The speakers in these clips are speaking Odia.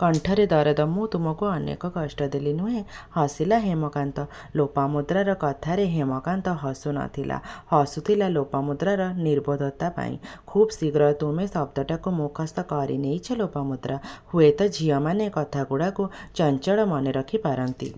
କଣ୍ଠରେ ଦରଦ-''ମୁଁ ତୁମକୁ ଅନେକ କଷ୍ଟ ଦେଲି, ନୁହେଁ? '' ହସିଲା ହେମକାନ୍ତ। ଲୋପାମୁଦ୍ରାର କଥାରେ ହେମକାନ୍ତ ହସୁ ନ ଥିଲା। ହସୁଥିଲା ଲୋପାମୁଦ୍ରାର ନିର୍ବୋଧତା ପାଇଁ। ଖୁବ୍ ଶୀଘ୍ର 'ତୁମେ' ଶବ୍ଦଟାକୁ ମୁଖସ୍ଥ କରି ନେଇଛି ଲୋପାମୁଦ୍ରା-। ହୁଏତ ଝିଅମାନେ କଥାଗୁଡ଼ାକୁ ଚଞ୍ଚଳ ମନେ ରଖି ପାରନ୍ତି।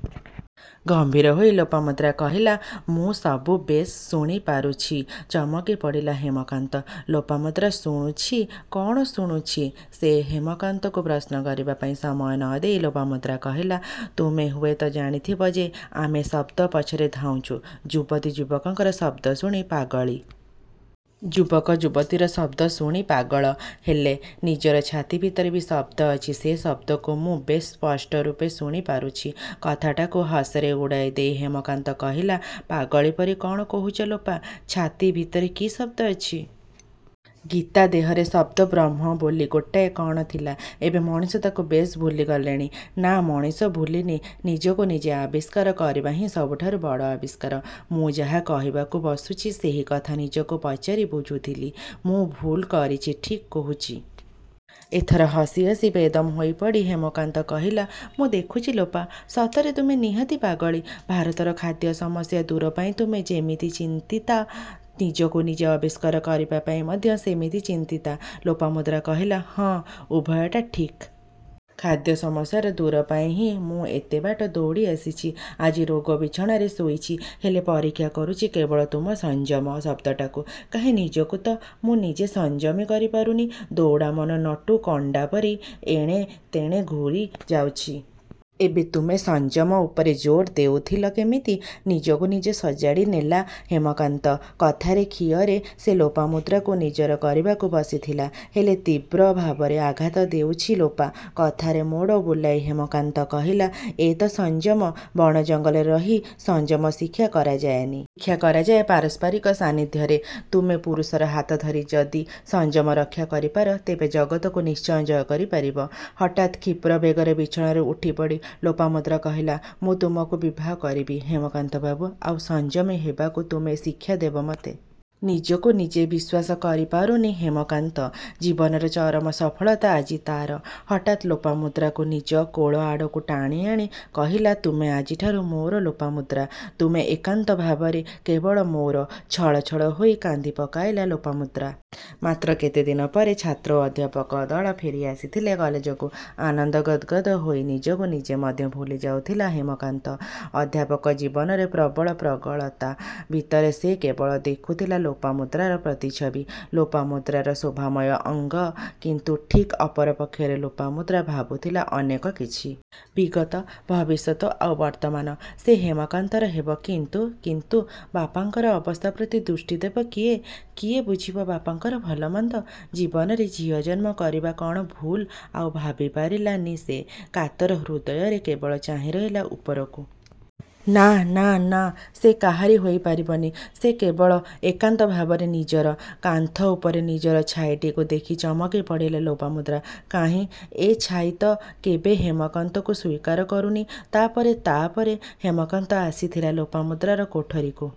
ଗମ୍ଭୀର ହୋଇ ଲୋପାମୁଦ୍ରା କହିଲା-''ମୁଁ ସବୁ ବେଶ୍ ଶୁଣି ପାରୁଛି। '' ଚମକି ପଡ଼ିଲା ହେମକାନ୍ତ। ଲୋପାମୁଦ୍ରା ଶୁଣୁଛି। କ'ଣ ଶୁଣୁଛି ସେ? ହେମକାନ୍ତକୁ ପ୍ରଶ୍ନ କରିବାପାଇଁ ସମୟ ନ ଦେଇ ଲୋପାମୁଦ୍ରା କହିଲା-''ତୁମେ ହୁଏତ ଜାଣିଥିବ ଯେ ଆମେ ଶବ୍ଦ ପଛରେ ଧାଉଁଛୁ। ଯୁବତୀ ଯୁବକର ଶବ୍ଦ ଶୁଣି ପାଗଳୀ। ଯୁବକ ଯୁବତୀର ଶବ୍ଦ ଶୁଣି ପାଗଳ। ହେଲେ ନିଜର ଛାତି ଭିତରେ ବି ଶବ୍ଦ ଅଛି। ସେ ଶବ୍ଦକୁ ମୁଁ ବେଶ୍ ସ୍ପଷ୍ଟ ରୂପେ ଶୁଣି ପାରୁଛି। କଥାଟାକୁ ହସରେ ଉଡ଼ାଇ ଦେଇ ହେମକାନ୍ତ କହିଲା-''ପାଗଳୀ ପରି କ'ଣ କହୁଛ ଲୋପା? ଛାତି ଭିତରେ କି ଶବ୍ଦ ଅଛି? ଗୀତା ଦେହରେ ଶବ୍ଦବ୍ରହ୍ମ ବୋଲି ଗୋଟାଏ କ'ଣ ଥିଲା। ଏବେ ମଣିଷ ତାକୁ ବେଶ୍ ଭୁଲି ଗଲେଣି? '' ''ନାଁ ମଣିଷ ଭୁଲିନି, ନିଜକୁ ନିଜେ ଆବିଷ୍କାର କରିବା ହିଁ ସବୁଠାରୁ ବଡ଼ ଆବିଷ୍କାର। ମୁଁ ଯାହା କହିବାକୁ ବସୁଛି ସେହିକଥା ନିଜକୁ ପଚାରି ବୁଝୁଥିଲି-ମୁଁ ଭୁଲ୍ କହୁଛି ଠିକ୍ କହୁଛି। '' ଏଥର ହସି ହସି ବେଦମ୍ ହୋଇ ପଡ଼ି ହେମକାନ୍ତ କହିଲା-ମୁଁ ଦେଖୁଛି ଲୋପା! ସତରେ ତୁମେ ନିହାତି ପାଗଳୀ। ଭାରତର ଖାଦ୍ୟ ସମସ୍ୟା ଦୂର ପାଇଁ ତୁମେ ଯେମିତି ଚିନ୍ତିତା ନିଜକୁ ନିଜେ ଆବିଷ୍କାର କରିବାପାଇଁ ମଧ୍ୟ ସେମିତି ଚିନ୍ତିତା। ଲୋପାମୁଦ୍ରା କହିଲା-''ହଁ, ଉଭୟଟା ଠିକ୍। ଖାଦ୍ୟ ସମସ୍ୟାର ଦୂର ପାଇଁ ହିଁ ମୁଁ ଏତେ ବାଟ ଦୌଡ଼ି ଆସିଛି। ଆଜି ରୋଗ ବିଛଣାରେ ଶୋଇଛି। ହେଲେ ପରୀକ୍ଷା କରୁଛି କେବଳ ତୁମ ସଂଯମ ଶବ୍ଦଟାକୁ। କାହିଁ? ନିଜକୁ ତ ମୁଁ ନିଜେ ସଂଯମୀ କରି ପାରୁନି? ଦୌଡ଼ାମନ ନଟୁ କଣ୍ଡାପରି ଏଣେ ତେଣେ ଘୂରି ଯାଉଛି। ଏବେ ତୁମେ ସଂଯମ ଉପରେ ଜୋର ଦେଉଥିଲ କେମିତି-? '' ନିଜକୁ ନିଜେ ସଜାଡ଼ି ନେଲା ହେମକାନ୍ତ। କଥାର ଖିଅରେ ସେ ଲୋପାମୁଦ୍ରାକୁ ନିଜର କରିବାକୁ ବସିଥିଲା। ହେଲେ ତୀବ୍ର ଭାବରେ ଆଘାତ ଦେଉଛି ଲୋପା। କଥାର ମୋଡ଼ ବୁଲାଇ ହେମକାନ୍ତ କହିଲା-ଏଇ ତ' ସଂଯମ ବଣ ଜଙ୍ଗଲରେ ରହି ସଂଯମ ଶିକ୍ଷା କରାଯାଏନି। ଶିକ୍ଷା କରାଯାଏ ପାରସ୍ପରିକ ସାନିଧ୍ୟରେ। ତୁମେ ପୁରୁଷର ହାତ ଧରି ଯଦି ସଂଯମ ରକ୍ଷା କରିପାର, ତେବେ ଜଗତକୁ ନିଶ୍ଚୟ ଜୟ କରି ପାରିବ। ହଠାତ୍ କ୍ଷିପ୍ରବେଗରେ ବିଛଣାରୁ ଉଠିପଡ଼ି ଲୋପାମୁଦ୍ରା କହିଲା-ମୁଁ ତୁମକୁ ବିବାହ କରିବି ହେମକାନ୍ତ ବାବୁ। ଆଉ ସଂଯମୀ ହେବାକୁ ତୁମେ ଶିକ୍ଷା ଦେବ ମୋତେ। ନିଜକୁ ନିଜେ ବିଶ୍ୱାସ କରି ପାରୁନି ହେମକାନ୍ତ। ଜୀବନର ଚରମ ସଫଳତା ଆଜି ତା'ର। ହଠାତ୍ ଲୋପାମୁଦ୍ରାକୁ ନିଜ କୋଳ ଆଡ଼କୁ ଟାଣି ଆଣି କହିଲା.. ''ତୁମେ ଆଜିଠାରୁ ମୋର ଲୋପାମୁଦ୍ରା, ତୁମେ ଏକାନ୍ତ ଭାବରେ କେବଳ ମୋର। '' ଛଳଛଳ ହୋଇ କାନ୍ଦି ପକାଇଲା ଲୋପାମୁଦ୍ରା। ମାତ୍ର କେତେଦିନ ପରେ ଛାତ୍ର ଓ ଅଧ୍ୟାପକ ଦଳ ଫେରି ଆସିଥିଲେ କଲେଜକୁ। ଆନନ୍ଦ ଗଦ୍ଗଦ୍ ହୋଇ ନିଜକୁ ନିଜେ ମଧ୍ୟ ଭୁଲିଯାଉଥିଲା ହେମାକାନ୍ତ। ଅଧ୍ୟାପକ ଜୀବନର ପ୍ରବଳ ପ୍ରଗଳ୍ଭତା ଭିତରେ ସେ କେବଳ ଦେଖୁଥିଲା ଲୋପାମୁଦ୍ରାର ପ୍ରତିଛବି। ଲୋପାମୁଦ୍ରାର ଶୋଭାମୟ ଅଙ୍ଗ। କିନ୍ତୁ ଠିକ୍ ଅପର ପକ୍ଷରେ ଲୋପାମୁଦ୍ରା ଭାବୁଥିଲା ଅନେକ କିଛି। ବିଗତ, ଭବିଷ୍ୟତ ଆଉ ବର୍ତ୍ତମାନ। ସେ ହେମକାନ୍ତର ହେବ। କିନ୍ତୁ କିନ୍ତୁ ବାପାଙ୍କର ଅବସ୍ଥା ପ୍ରତି ଦୃଷ୍ଟି ଦେବ କିଏ? କିଏ ବୁଝିବ ବାପାଙ୍କର ଭଲ ମନ୍ଦ? ଜୀବନରେ ଝିଅ ଜନ୍ମ କରିବା କ'ଣ ଭୁଲ୍? ଆଉ ଭାବିପାରିଲା ନି ସେ। କାତର ହୃଦୟରେ କେବଳ ଚାହିଁରହିଲା ଉପରକୁ। ନାଁ.. ନାଁ.. ନାଁ..। ସେ କାହାରି ହୋଇ ପାରିବନି। ସେ କେବଳ ଏକାନ୍ତ ଭାବରେ ନିଜର-। କାନ୍ଥ ଉପରେ ନିଜର ଛାଇଟିକୁ ଦେଖି ଚମକି ପଡ଼ିଲା ଲୋପାମୁଦ୍ରା। କାହିଁ ଏ। ଛାଇ ତ' କେବେ ହେମକାନ୍ତକୁ ସ୍ୱୀକାର କରୁନି। ତା'ପରେ ତା' ପରେ ହେମକାନ୍ତ ଆସିଥିଲା ଲୋପାମୁଦ୍ରାର କୋଠରୀକୁ।